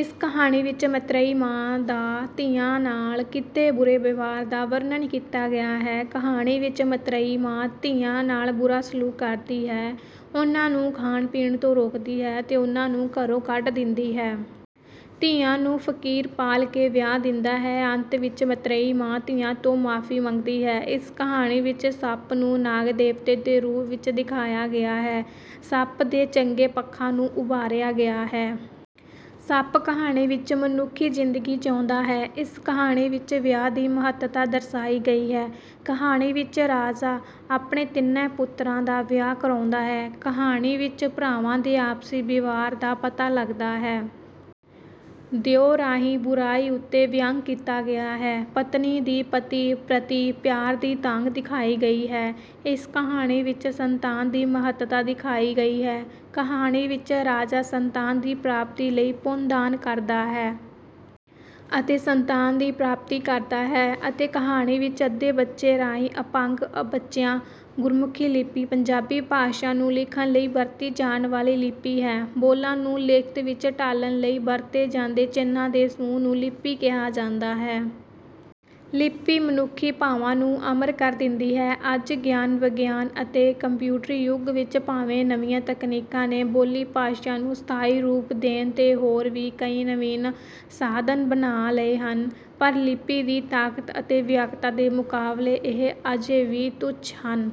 ਇਸ ਕਹਾਣੀ ਵਿਚ ਮੱਤਰੇਈ ਮਾਂ ਦਾ ਧੀਆਂ ਨਾਲ ਕੀਤੇ ਬੁਰੇ ਵਿਵਹਾਰ ਦਾ ਵਰਣਨ ਕੀਤਾ ਗਿਆ ਹੈ। ਕਹਾਣੀ ਵਿਚ ਮੱਤਰੇਈ ਮਾਂ ਧੀਆਂ ਨਾਲ ਬੁਰਾ ਸਲੂਕ ਕਰਦੀ ਹੈ, ਉਨ੍ਹਾਂ ਨੂੰ ਖਾਣ ਪੀਣ ਤੋਂ ਰੋਕਦੀ ਹੈ ਤੇ ਉਨ੍ਹਾਂ ਨੂੰ ਘਰੌਂ ਕੱਢ ਦਿੰਦੀ ਹੈ। ਧੀਆਂ ਨੂੰ ਫਕੀਰ ਪਾਲ ਕੇ ਵਿਆਹ ਦਿੰਦਾ ਹੈ। ਅੰਤ ਵਿਚ ਮਤ੍ਰੇਈ ਮਾਂ ਧੀਆਂ ਤੋਂ ਮਾਫ਼ੀ ਮੰਗਦੀ ਹੈ। ਇਸ ਕਹਾਣੀ ਵਿਚ ਸੱਪ ਨੂੰ ਨਾਗ ਦੇਵਤੇ ਦੇ ਰੂਪ ਵਿਚ ਦਿਖਾਇਆ ਹੈ। ਸੱਪ ਦੇ ਚੰਗੇ ਪੱਖਾਂ ਨੂੰ ਉਭਾਰਿਆ ਗਿਆ ਹੈ। ਸੱਪ ਕਹਾਣੀ ਵਿਚ ਮਨੁੱਖੀ ਜ਼ਿੰਦਗੀ ਜਿਉਂਦਾ ਹੈ। ਇਸ ਕਹਾਣੀ ਵਿਚ ਵਿਆਹ ਦੀ ਮਹੱਤਤਾ ਦਰਸਾਈ ਗਈ ਹੈ। ਕਹਾਣੀ ਵਿਚ ਰਾਜਾ ਆਪਣੇਤਿੰਨਾਂ ਪੁੱਤਰਾਂ ਦਾ ਵਿਆਹ ਕਰਾਉਂਦਾ ਹੈ। ਕਹਾਣੀ ਵਿਚ ਭਰਾਵਾਂ ਦੇ ਆਪਸੀ ਵਿਵਹਾਰ ਦਾ ਪਤਾ ਲਗਦਾ ਹੈ। ਦਿਓ ਰਾਹੀ ਬੁਰਾਈ ਉਤੇ ਵਿਅੰਗ ਕੀਤਾ ਗਿਆ ਹੈ। ਪਤਨੀ ਦੀ ਪਤੀ ਪ੍ਰਤੀ ਪਿਆਰ ਦੀ ਤਾਂਘ ਦਿਖਾਈ ਗਈ ਹੈ। ਇਸ ਕਹਾਣੀ ਵਿਚ ਸੰਤਾਨ ਦੀ ਮਹੱਤਤਾ ਦਿਖਾਈ ਗਈ ਹੈ। ਕਹਾਣੀ ਵਿਚ ਰਾਜਾ ਸੰਤਾਨ ਦੀ ਪ੍ਰਾਪਤੀ ਲਈ ਪੁੰਨ ਦਾਨ ਕਰਦਾ ਹੈ। ਅਤੇ ਸੰਤਾਨ ਦੀ ਪ੍ਰਾਪਤੀ ਕਰਦਾ ਹੈ। ਅਤੇ ਕਹਾਣੀ ਵਿਚ ਅੱਧੇ ਬੱਚੇ ਰਾਹੀ ਅਪੰਗ ਬੱਚਿਆਂ। ਗੁਰਮੁਖੀ ਲਿਪੀ ਪੰਜਾਬੀ ਭਾਸ਼ਾ ਨੂੰ ਲਿਖਣ ਲਈ ਵਰਤੀ ਜਾਣ ਵਾਲੀ ਲਿਪੀ ਹੈ। ਬੋਲਾਂ ਨੂੰ ਲਿਖਤ ਵਿੱਚ ਢਾਲਣ ਲਈ ਵਰਤੇ ਜਾਂਦੇ ਚਿੰਨ੍ਹਾਂ ਦੇ ਸਮੂਹ ਨੂੰ ਲਿਪੀ ਕਿਹਾ ਜਾਂਦਾ ਹੈ। ਲਿਪੀ ਮਨੁੱਖੀ ਭਾਵਾਂ ਨੂੰ ਅਮਰ ਕਰ ਦਿੰਦੀ ਹੈ। ਅੱਜ ਗਿਆਨ, ਵਿਗਿਆਨ ਅਤੇਕੰਪਿਊਟਰੀ ਯੁੱਗ ਵਿੱਚ ਭਾਵੇਂ ਨਵੀਆਂ ਤਕਨੀਕਾਂ ਨੇ ਬੋਲੀ ਭਾਸ਼ਾ ਨੂੰ ਸਥਾਈ ਰੂਪ ਦੇਣ ਦੇ ਹੋਰ ਵੀ ਕਈ ਨਵੀਨ ਸਾਧਨ ਬਣਾ ਲਏ ਹਨ, ਪਰ ਲਿਪੀ ਦੀ ਤਾਕਤ ਅਤੇ ਵਿਆਪਕਤਾ ਦੇ ਮੁਕਾਬਲੇ ਇਹ ਅਜੇ ਵੀ ਤੁੱਛ ਹਨ।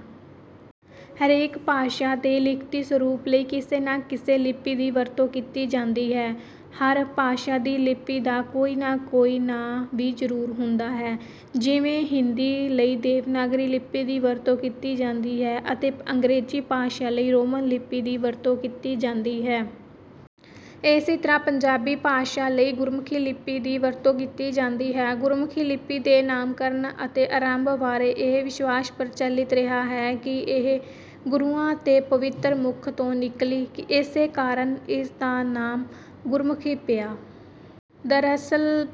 ਹਰੇਕ ਭਾਸ਼ਾ ਦੇ ਲਿਖਤੀ ਸਰੂਪ ਲਈ ਕਿਸੇ ਨਾ ਕਿਸੇ ਲਿਪੀ ਦੀ ਵਰਤੋਂ ਕੀਤੀ ਜਾਂਦੀ ਹੈ। ਹਰ ਭਾਸ਼ਾ ਦੀ ਲਿਪੀ ਦਾ ਕੋਈ ਨਾ ਕੋਈ ਨਾਂ ਵੀ ਜ਼ਰੂਰ ਹੁੰਦਾ ਹੈ, ਜਿਵੇਂ ਹਿੰਦੀ ਲਈ ਦੇਵਨਾਗਰੀ ਲਿਪੀ ਦੀ ਵਰਤੋਂ ਕੀਤੀ ਜਾਂਦੀ ਹੈ ਅਤੇ ਅੰਗਰੇਜ਼ੀ ਭਾਸ਼ਾ ਲਈ ਰੋਮਨ ਲਿਪੀ ਦੀ ਵਰਤੋਂ ਕੀਤੀ ਜਾਂਦੀ ਹੈ। ਇਸੇ ਤਰ੍ਹਾਂ ਪੰਜਾਬੀ ਭਾਸ਼ਾ ਲਈ ਗੁਰਮੁਖੀ ਲਿਪੀ ਦੀ ਵਰਤੋਂ ਕੀਤੀ ਜਾਂਦੀ ਹੈ। ਗੁਰਮੁਖੀ ਲਿਪੀ ਦੇ ਨਾਮਕਰਨ ਅਤੇ ਅਰੰਭ ਬਾਰੇ ਇਹ ਵਿਸ਼ਵਾਸ ਪ੍ਰਚਲਿਤ ਰਿਹਾ ਹੈ ਕਿ ਇਹ ਗੁਰੂਆਂ ਦੇ ਪਵਿੱਤਰ ਮੁੱਖ ਤੋਂ ਨਿਕਲੀ। ਇਸੇ ਕਾਰਨ ਇਸ ਦਾ ਨਾਮ ਗੁਰਮੁਖੀ ਪਿਆ। ਦਰਅਸਲ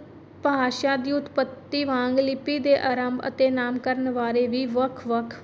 ਭਾਸ਼ਾ ਦੀ ਉਤਪਤੀ ਵਾਂਗ ਲਿਪੀ ਦੇ ਅਰੰਭ ਅਤੇ ਨਾਮਕਰਨ ਬਾਰੇ ਵੀ ਵੱਖ-ਵੱਖ...